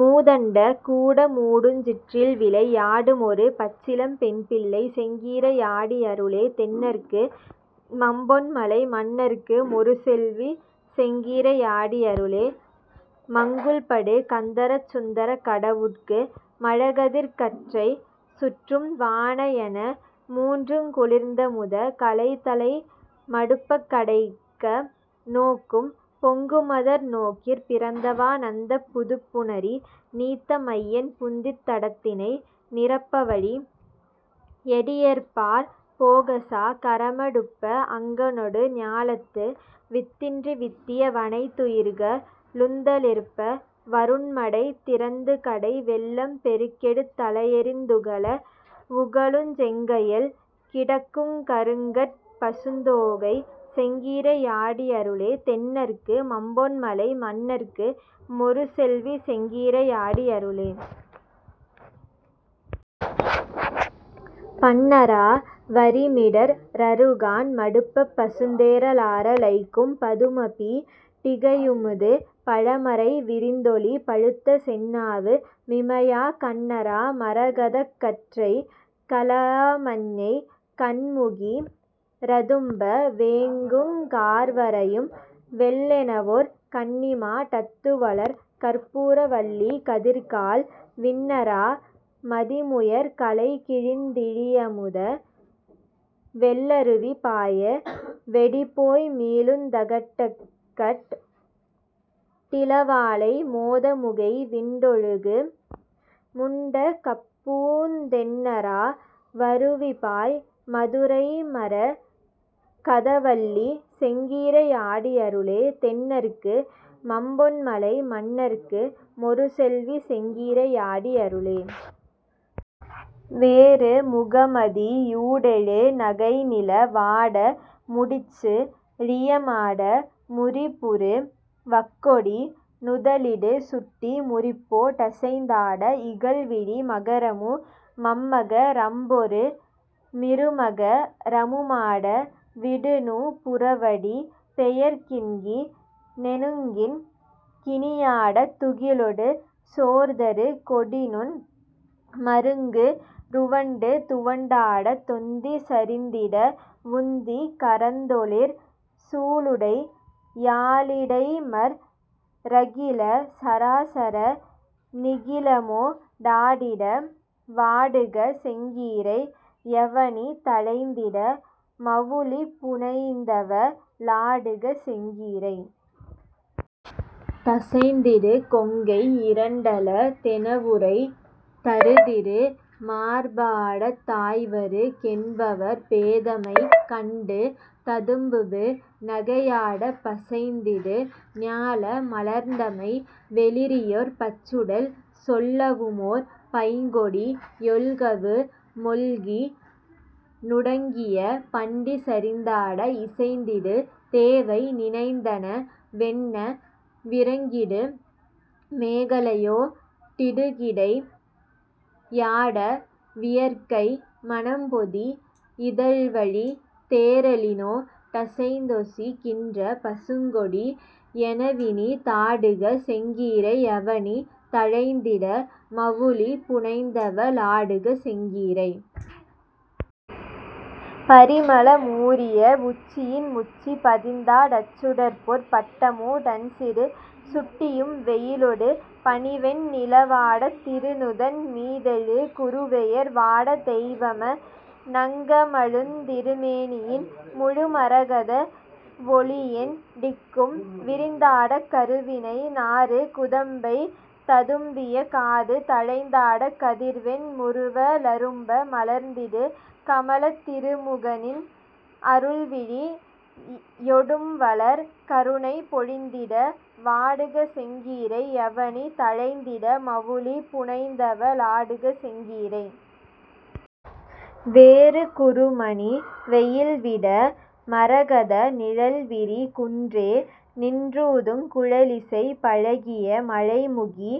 மூதண்ட கூடமூடுஞ் சிற்றில்விளை யாடுமொரு பச்சிளம் பெண்பிள்ளை செங்கீரை யாடி யருளே தென்னற்கு மம்பொன்மலை மன்னற்கு மொருசெல்வி செங்கீரை யாடி யருளே. மங்குல்படு கந்தரச் சுந்தரக் கடவுட்கு மழகதிர்க் கற்றை சுற்றும் வாணயன மூன்றுங் குளிர்ந்தமுத கலைதலை மடுப்பக் கடைக்க ணோக்கும் பொங்குமதர் நோக்கிற் பிறந்தவா னந்தப் புதுப்புணரி நீத்த மையன் புந்தித் தடத்தினை நிரப்பவழி யடியர்பாற் போகசா கரம டுப்ப அங்கணொடு ஞாலத்து வித்தின்றி வித்திய வனைத் துயிர்க ளுந்தளிர்ப்ப வருண்மடை திறந்துகடை வெள்ளம் பெருக்கெடுத் தலையெறிந் துகள வுகளுஞ் செங்கயல் கிடக்குங் கருங்கட் பசுந்தோகை செங்கீரை யாடி யருளே தென்னற்கு மம்பொன்மலை மன்னற்கு மொருசெல்வி செங்கீரை யாடி யருளே. பண்ணறா வரிமிடற் றறுகாண் மடுப்பப் பசுந்தேற லாற லைக்கும் பதுமபீ டிகையுமுது பழமறை விரிந்தொளி பழுத்தசெந் நாவு மிமையாக் கண்ணறா மரகதக் கற்றைக் கலாமஞ்ஞை கண்முகி றதும்ப வேங்குங் கார்வரையும் வெள்ளெனவொர் கன்னிமா டத்துவளர் கற்பூர வல்லி கதிர்கால் விண்ணறா மதிமுயற் கலைகிழிந் திழியமுத வெள்ளருவி பாய வெடிபோய் மீளுந் தகட்டகட் டிளவாளை மோதமுகை விண்டொழுகு முண்ட கப்பூந் தெண்ணறா வருவிபாய் மதுரைமர கதவல்லி செங்கீரை யாடி யருளே தென்னற்கு மம்பொன்மலை மன்னற்கு மொருசெல்வி செங்கீரை யாடி யருளே. வேறு முகமதி யூடெழு நகைநில வாட முடிச்சூ ழியமாட முரிபுரு வக்கொடி நுதலிடு சுட்டி முரிப்பொ டசைந் தாட இகல்விழி மகரமு மம்மக ரம்பொரு மிருமக ரமுமாட விடுநூ புரவடி பெயரக் கிண்கி ணெனுங்கிண் கிணியாடத் துகிலொடு சோர்தரு கொடிநுண் மருங்கு றுவண்டு துவண்டாடத் தொந்தி சரிந்திட வுந்தி கரந்தொளிர் சூலுடை யாலிடைமற் றகில சராசர நிகிலமொ டாடிட வாடுக செங்கீரை யவனி தழைந்திட மவுலி புனைந்தவ ளாடுக செங்கீரை. தசைந்திடு கொங்கை யிரண்டல தெனவுரை தருதிரு மார்பாடத் தாய்வரு கென்பவர் பேதைமை கண்டு ததும்புபு னகையாடப் பசைந்திடு ஞால மலர்ந்தமை வெளிறியொர் பச்சுடல் சொல்லவுமோர் பைங்கொடி யொல்கவு மொல்கி நுடங்கிய பண்டி சரிந்தாட இசைந்திடு தேவை நினைந்தன வென்ன விரங்கிடு மேகலையோ டிடுகிடை யாட வியற்கை மணம்பொதி யிதழ்வழி தேறலினோ டசைந்தொசி கின்ற பசுங்கொடி யெனவினி தாடுக செங்கீரை யவனி தழைந்திட மவுலி புனைந்தவ ளாடுக செங்கீரை. பரிமள மூறிய வுச்சியின் முச்சி பதிந்தா டச்சுடர்பொற் பட்டமு டன்சிறு சுட்டியும் வெயிலொடு பனிவெண் ணிலவாடத் திருநுதன் மீதெழு குறுவெயர் வாடத் தெய்வம ணங்கமழுந் திருமேனியின் முழு மரகத வொளியெண் டிக்கும் விரிந்தாடக் கருவினை நாறு குதம்பை ததும்பிய காது தழைந்தாடக் கதிர்வெண் முறுவ லரும்ப மலர்ந்திடு கமலத் திருமுகநின் அருள்விழி யொடும்வளர் கருணை பொழிந்திட வாடுக செங்கீரை யவனி தழைந்திட மவுலி புனைந்தவ ளாடுக செங்கீரை. வேறு குருமணி வெயில்விட மரகத நிழல்விரி குன்றே நின்றூதுங் குழலிசை பழகிய மழைமுகி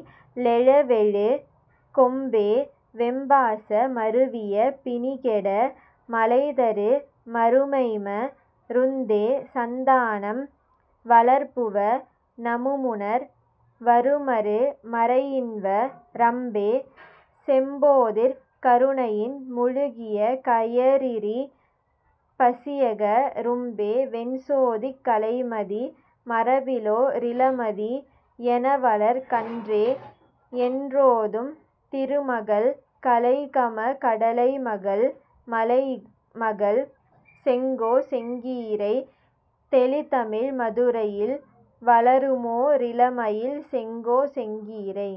லெழவெழு கொம்பே வெம்பாச மருவிய பிணிகெட மலைதரு மருமைம ருந்தே சந்தானம் வளர்புவ னமுமுணர் வருமரு மறையின்வ ரம்பே செம்போதிற் கருணையின் முழுகிய கயறிரி பசியக ரும்பே வெண்சோதிக் கலைமதி மரபிலொ ரிளமதி யெனவளர் கன்றே யென்றோதும் திருமகள் கலைகமகடலைமகள் மலைமகள் செங்கோ செங்கீரை தெளிதமிழ் மதுரையில் வளருமொ ரிளமயில் செங்கோ செங்கீரை.